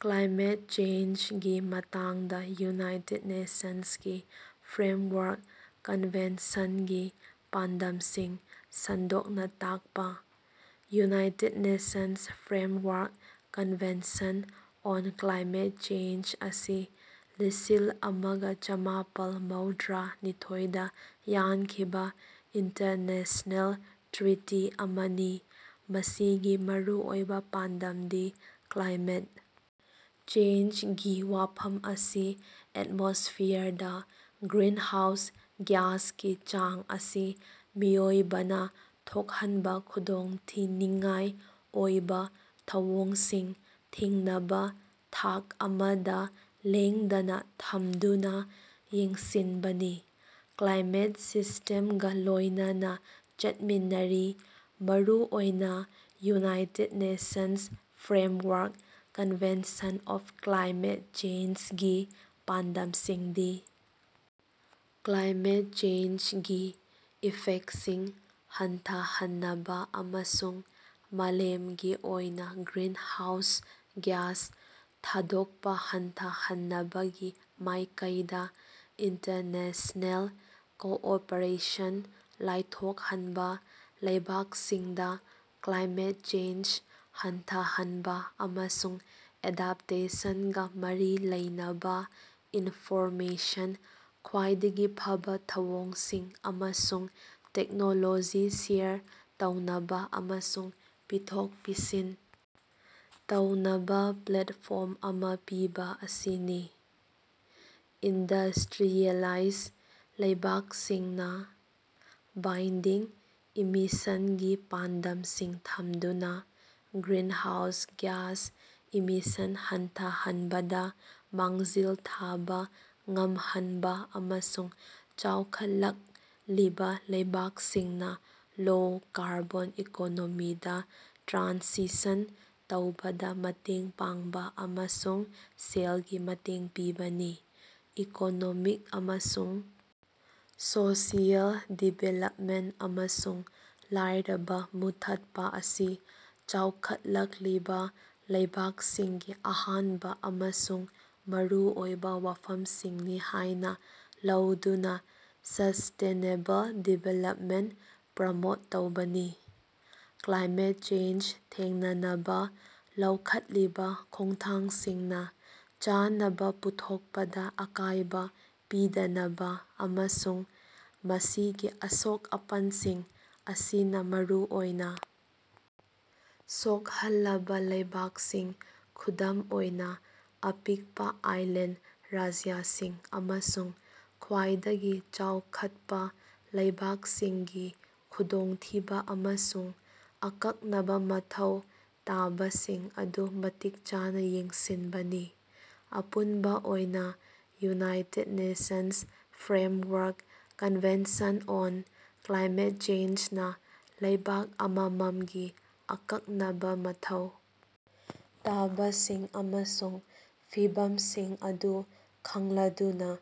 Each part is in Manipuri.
ꯀ꯭ꯂꯥꯏꯃꯦꯠ ꯆꯦꯟꯖꯒꯤ ꯃꯇꯥꯡꯗ ꯌꯨꯅꯥꯏꯇꯦꯗ ꯅꯦꯁꯟꯁ ꯒꯤ ꯐ꯭ꯔꯦꯝꯋꯥꯔꯛ ꯀꯟꯚꯦꯟꯁꯟꯒꯤ ꯄꯥꯟꯗꯝꯁꯤꯡ ꯁꯟꯗꯣꯛꯅ ꯇꯥꯛꯄ꯫ United nations framework convention on climate change ꯑꯁꯤ ꯂꯤꯁꯤꯜ ꯑꯃꯒ ꯆꯥꯃꯄꯜ ꯃꯧꯗ꯭ꯔꯥ ꯅꯤꯊꯣꯏ ꯗꯥ ꯌꯥꯟꯈꯤꯕ ꯏꯟꯇꯔꯅꯦꯁ꯭ꯅꯦꯜ ꯇ꯭ꯔꯤꯇꯤ ꯑꯃꯅꯤ, ꯃꯁꯤꯒꯤ ꯃꯔꯨꯑꯣꯏꯕ ꯄꯥꯟꯗꯝꯗꯤ ꯀ꯭ꯂꯥꯏꯃꯦꯠ ꯆꯦꯟꯖꯒꯤ ꯋꯥꯐꯝ ꯑꯁꯤ ꯑꯦꯟꯃꯣꯁ꯭ꯐꯤꯌꯔꯗ ꯒ꯭ꯔꯤꯟꯍꯥꯎꯁ ꯒ꯭ꯌꯥꯁꯀꯤ ꯆꯥꯡ ꯑꯁꯤ ꯃꯤꯑꯣꯏꯕꯅ ꯊꯣꯛꯍꯟꯕ ꯈꯨꯗꯣꯡꯊꯤꯅꯤꯡꯉꯥꯏ ꯑꯣꯏꯕ ꯊꯧꯑꯣꯡꯁꯤꯡ ꯊꯤꯡꯅꯕ ꯊꯥꯛ ꯑꯃꯗ ꯂꯦꯡꯗꯅ ꯊꯝꯗꯨꯅ ꯌꯦꯡꯁꯤꯟꯕꯅꯤ꯫ ꯀ꯭ꯂꯥꯏꯃꯦꯠ ꯁꯤꯁꯇꯦꯝꯒ ꯂꯣꯏꯅꯅ ꯆꯠꯃꯤꯟꯅꯔꯤ꯫ ꯃꯔꯨꯑꯣꯏꯅ, united nations framework convention of climate ꯆꯦꯟꯖꯒꯤ ꯄꯥꯟꯗꯝꯁꯤꯡꯗꯤ - ꯀ꯭ꯂꯥꯏꯃꯦꯠ ꯆꯦꯟꯖꯒꯤ ꯏꯐꯦꯛꯇꯁꯤꯡ ꯍꯟꯊꯍꯟꯅꯕ ꯑꯃꯁꯨꯡ ꯃꯥꯂꯦꯝꯒꯤ ꯑꯣꯏꯅ ꯒ꯭ꯔꯤꯟꯍꯥꯎꯁ ꯒ꯭ꯌꯥꯁ ꯊꯥꯗꯣꯛꯄ ꯍꯟꯊꯍꯟꯅꯕꯒꯤ ꯃꯥꯏꯀꯩꯗ ꯏꯟꯇꯔꯅꯦꯁ꯭ꯅꯦꯜ ꯀꯣꯑꯣꯄꯔꯦꯁꯟ ꯂꯥꯏꯊꯣꯛꯍꯟꯕ, ꯂꯩꯕꯥꯛꯁꯤꯡꯗ ꯀ꯭ꯂꯥꯏꯃꯦꯠ ꯆꯦꯟꯖ ꯍꯟꯊꯍꯟꯕ ꯑꯃꯁꯨꯡ ꯑꯦꯗꯞꯇꯦꯁꯟꯒ ꯃꯔꯤ ꯂꯩꯅꯕ ꯏꯟꯐꯣꯔꯃꯦꯁꯟ, ꯈ꯭ꯋꯥꯏꯗꯒꯤ ꯐꯕꯥ ꯊꯧꯑꯣꯡꯁꯤꯡ, ꯑꯃꯁꯨꯡ ꯇꯦꯛꯅꯣꯂꯣꯖꯤ ꯁꯦꯌꯔ ꯇꯧꯅꯕ ꯑꯃꯁꯨꯡ ꯄꯤꯊꯣꯛ-ꯄꯤꯁꯤꯟ ꯇꯧꯅꯕ ꯄ꯭ꯂꯦꯠꯐꯣꯔꯝ ꯑꯃ ꯄꯤꯕ ꯑꯁꯤꯅꯤ꯫ ꯏꯟꯗꯁꯇ꯭ꯔꯤꯌꯦꯂꯥꯏꯖ ꯂꯩꯕꯥꯛꯁꯤꯡꯅ ꯕꯥꯏꯟꯗꯤꯡ ꯏꯃꯤꯁꯟꯒꯤ ꯄꯥꯟꯗꯝꯁꯤꯡ ꯊꯝꯗꯨꯅ ꯒ꯭ꯔꯤꯟꯍꯥꯎꯁ ꯒ꯭ꯌꯥꯁ ꯏꯃꯤꯁꯟ ꯍꯟꯊꯍꯟꯕꯗ ꯃꯥꯡꯖꯤꯜ ꯊꯥꯕ ꯉꯝꯍꯟꯕ, ꯑꯃꯁꯨꯡ ꯆꯥꯎꯈꯠꯂꯛꯂꯤꯕ ꯂꯩꯕꯥꯛꯁꯤꯡꯅ ꯂꯣ-ꯀꯥꯔꯕꯣꯟ ꯏꯀꯣꯅꯣꯃꯤꯗ ꯇ꯭ꯔꯥꯟꯁꯤꯁꯟ ꯇꯧꯕꯗ ꯃꯇꯦꯡ ꯄꯥꯡꯕ ꯑꯃꯁꯨꯡ ꯁꯦꯜꯒꯤ ꯃꯇꯦꯡ ꯄꯤꯕꯅꯤ꯫ ꯏꯀꯣꯅꯣꯃꯤꯛ ꯑꯃꯁꯨꯡ ꯁꯣꯁꯤꯌꯦꯜ ꯗꯤꯕꯦꯂꯞꯃꯦꯟꯇ ꯑꯃꯁꯨꯡ ꯂꯥꯏꯔꯕ ꯃꯨꯠꯊꯠꯄ ꯑꯁꯤ ꯆꯥꯎꯈꯠꯂꯛꯂꯤꯕ ꯂꯩꯕꯥꯛꯁꯤꯡꯒꯤ ꯑꯍꯥꯟꯕ ꯑꯃꯁꯨꯡ ꯃꯔꯨ ꯑꯣꯏꯕ ꯋꯥꯐꯝꯁꯤꯡꯅꯤ ꯍꯥꯏꯅ ꯂꯧꯗꯨꯅ ꯁ꯭ꯁꯇꯦꯅꯦꯕꯜ ꯗꯤꯕꯦꯂꯞꯃꯦꯟꯇ ꯄ꯭ꯔꯃꯣꯠ ꯇꯧꯕꯅꯤ꯫ ꯀ꯭ꯂꯥꯏꯃꯦꯠ ꯆꯦꯟꯖ ꯊꯦꯡꯅꯅꯕ ꯂꯧꯈꯠꯂꯤꯕ ꯈꯣꯡꯊꯥꯡꯁꯤꯡꯅ ꯆꯥꯅꯕ ꯄꯨꯊꯣꯛꯄꯗ ꯑꯀꯥꯏꯕ ꯄꯤꯗꯅꯕ, ꯑꯃꯁꯨꯡ ꯃꯁꯤꯒꯤ ꯑꯁꯣꯛ-ꯑꯄꯟꯁꯤꯡ ꯑꯁꯤꯅ ꯃꯔꯨꯑꯣꯏꯅ ꯁꯣꯛꯍꯜꯂꯕ ꯂꯩꯕꯥꯛꯁꯤꯡ, ꯈꯨꯗꯝ ꯑꯣꯏꯅ ꯑꯄꯤꯛꯄ ꯑꯥꯏꯂꯦꯟꯗ ꯔꯥꯖ꯭ꯌꯁꯤꯡ ꯑꯃꯁꯨꯡ ꯈ꯭ꯋꯥꯏꯗꯒꯤ ꯆꯥꯎꯈꯠꯄ ꯂꯩꯕꯥꯛꯁꯤꯡꯒꯤ ꯈꯨꯗꯣꯡꯊꯤꯕ ꯑꯃꯁꯨꯡ ꯑꯀꯛꯅꯕ ꯃꯊꯧ ꯇꯥꯕꯁꯤꯡ ꯑꯗꯨ ꯃꯇꯤꯛ ꯆꯥꯅ ꯌꯦꯡꯁꯤꯟꯕꯅꯤ꯫ ꯑꯄꯨꯟꯕ ꯑꯣꯏꯅ, united nations framework convention on climate ꯆꯦꯟꯖꯅ ꯂꯩꯕꯥꯛ ꯑꯃꯃꯝꯒꯤ ꯑꯀꯛꯅꯕ ꯃꯊꯧ ꯇꯥꯕꯁꯤꯡ ꯑꯃꯁꯨꯡ ꯐꯤꯚꯝꯁꯤꯡ ꯑꯗꯨ ꯈꯪꯂꯗꯨꯅ,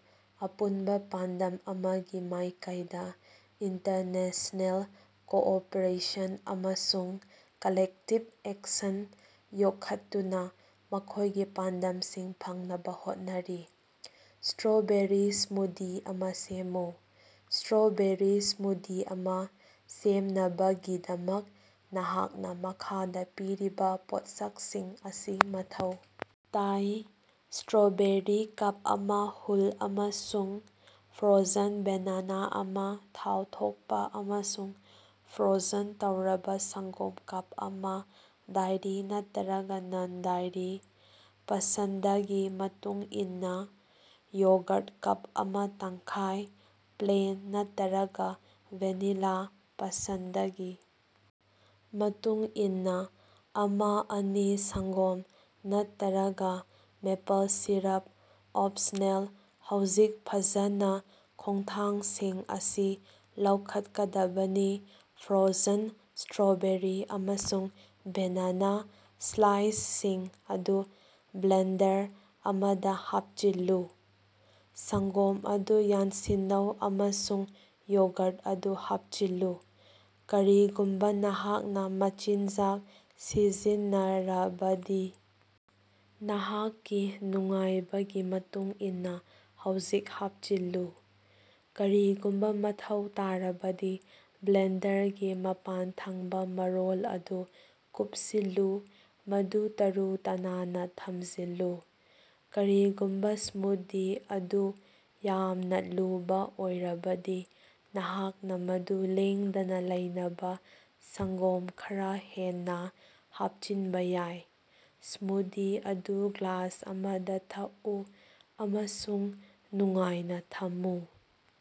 ꯑꯄꯨꯟꯕ ꯄꯥꯟꯗꯝ ꯑꯃꯒꯤ ꯃꯥꯏꯀꯩꯗ ꯏꯟꯇꯔꯅꯦꯁ꯭ꯅꯦꯜ ꯀꯣꯑꯣꯄꯔꯦꯁꯟ ꯑꯃꯁꯨꯡ ꯀꯂꯦꯛꯇꯤꯕ ꯑꯦꯛꯁꯟ ꯌꯣꯛꯈꯠꯇꯨꯅ ꯃꯈꯣꯏꯒꯤ ꯄꯥꯟꯗꯝꯁꯤꯡ ꯐꯪꯅꯕ ꯍꯣꯠꯅꯔꯤ꯫ ꯁ꯭ꯇꯔꯣꯕꯦꯔꯤ ꯁ꯭ꯃꯨꯗꯤ ꯑꯃ ꯁꯦꯝꯃꯨ꯫ ꯁ꯭ꯇꯔꯣꯕꯦꯔꯤ ꯁ꯭ꯃꯨꯗꯤ ꯑꯃ ꯁꯦꯝꯅꯕꯒꯤꯗꯃꯛ, ꯅꯍꯥꯛꯅ ꯃꯈꯥꯗ ꯄꯤꯔꯤꯕ ꯄꯣꯠꯁꯛꯁꯤꯡ ꯑꯁꯤ ꯃꯊꯧ ꯇꯥꯏ - ꯁ꯭ꯇꯔꯣꯕꯦꯔꯤ ꯀꯞ ꯑꯃ, ꯍꯨꯜ ꯑꯃꯁꯨꯡ ꯐ꯭ꯔꯣꯖꯟ ꯕꯦꯅꯥꯅꯥ ꯑꯃ, ꯊꯥꯎ ꯊꯣꯛꯄ ꯑꯃꯁꯨꯡ ꯐ꯭ꯔꯣꯖꯟ ꯇꯧꯔꯕ ꯁꯪꯒꯣꯝ ꯀꯞ ꯑꯃ - ꯗꯥꯏꯔꯤ ꯅꯠꯇꯔꯒ ꯅꯟ-ꯗꯥꯏꯔꯤ, ꯄꯁꯟꯗꯒꯤ ꯃꯇꯨꯡꯏꯟꯅ ꯌꯣꯒ꯭ꯔꯠ ꯀꯞ ꯑꯃ ꯇꯪꯈꯥꯏ - ꯄ꯭ꯂꯦꯟ ꯅꯠꯇꯔꯒ ꯚꯦꯅꯤꯂꯥ, ꯄꯁꯟꯗꯒꯤ ꯃꯇꯨꯡꯏꯟꯅ, ꯑꯃ-ꯑꯅꯤ ꯁꯪꯒꯣꯝ ꯅꯠꯇꯔꯒ ꯃꯦꯄꯜ ꯁꯤꯔꯞ ꯑꯣꯞꯁꯅꯦꯜ ꯍꯧꯖꯤꯛ, ꯐꯖꯅ ꯈꯣꯡꯊꯥꯡꯁꯤꯡ ꯑꯁꯤ ꯂꯧꯈꯠꯀꯗꯕꯅꯤ ,ꯐ꯭ꯔꯣꯖꯟ ꯁ꯭ꯇꯔꯣꯕꯦꯔꯤ ꯑꯃꯁꯨꯡ ꯕꯦꯅꯥꯅꯥ ꯁ꯭ꯂꯥꯏꯁꯁꯤꯡ ꯑꯗꯨ ꯕ꯭ꯂꯦꯟꯗꯔ ꯑꯃꯗ ꯍꯥꯞꯆꯤꯜꯂꯨ꯫ ꯁꯪꯒꯣꯝ ꯑꯗꯨ ꯌꯥꯟꯁꯤꯟꯅꯧ ꯑꯃꯁꯨꯡ ꯌꯣꯒ꯭ꯔꯠ ꯑꯗꯨ ꯍꯥꯞꯆꯤꯜꯂꯨ꯫ ꯀꯔꯤꯒꯨꯝꯕ ꯅꯍꯥꯛꯅ ꯃꯆꯤꯟꯖꯥꯛ ꯁꯤꯖꯤꯟꯅꯔꯕꯗꯤ, ꯅꯍꯥꯛꯀꯤ ꯅꯨꯡꯉꯥꯏꯕꯒꯤ ꯃꯇꯨꯡ ꯏꯟꯅꯥ ꯍꯧꯖꯤꯛ ꯍꯥꯞꯆꯤꯜꯂꯨ꯫ ꯀꯔꯤꯒꯨꯝꯕ ꯃꯊꯧ ꯇꯥꯔꯕꯗꯤ ꯕ꯭ꯂꯦꯟꯗꯔꯒꯤ ꯃꯄꯥꯟꯊꯪꯕ ꯃꯔꯣꯜ ꯑꯗꯨ ꯀꯨꯞꯁꯤꯜꯂꯨ, ꯃꯗꯨ ꯇꯥꯔꯨ-ꯇꯅꯥꯟꯅ ꯊꯝꯖꯤꯜꯂꯨ꯫ ꯀꯔꯤꯒꯨꯝꯕ ꯁ꯭ꯃꯨꯗꯤ ꯑꯗꯨ ꯌꯥꯝꯅ ꯂꯨꯕ ꯑꯣꯏꯔꯕꯗꯤ, ꯅꯍꯥꯛꯅ ꯃꯗꯨ ꯂꯦꯡꯗꯅ ꯂꯩꯅꯕ ꯁꯪꯒꯣꯝ ꯈꯔꯥ ꯍꯦꯟꯅ ꯍꯥꯞꯆꯤꯟꯕ‌ ꯌꯥꯏ꯫ ꯁ꯭ꯃꯨꯗꯤ ꯑꯗꯨ ꯒ꯭ꯂꯥꯁ ꯑꯃꯗ ꯊꯛꯎ ꯑꯃꯁꯨꯡ ꯅꯨꯡꯉꯥꯏꯅ ꯊꯝꯃꯨ꯫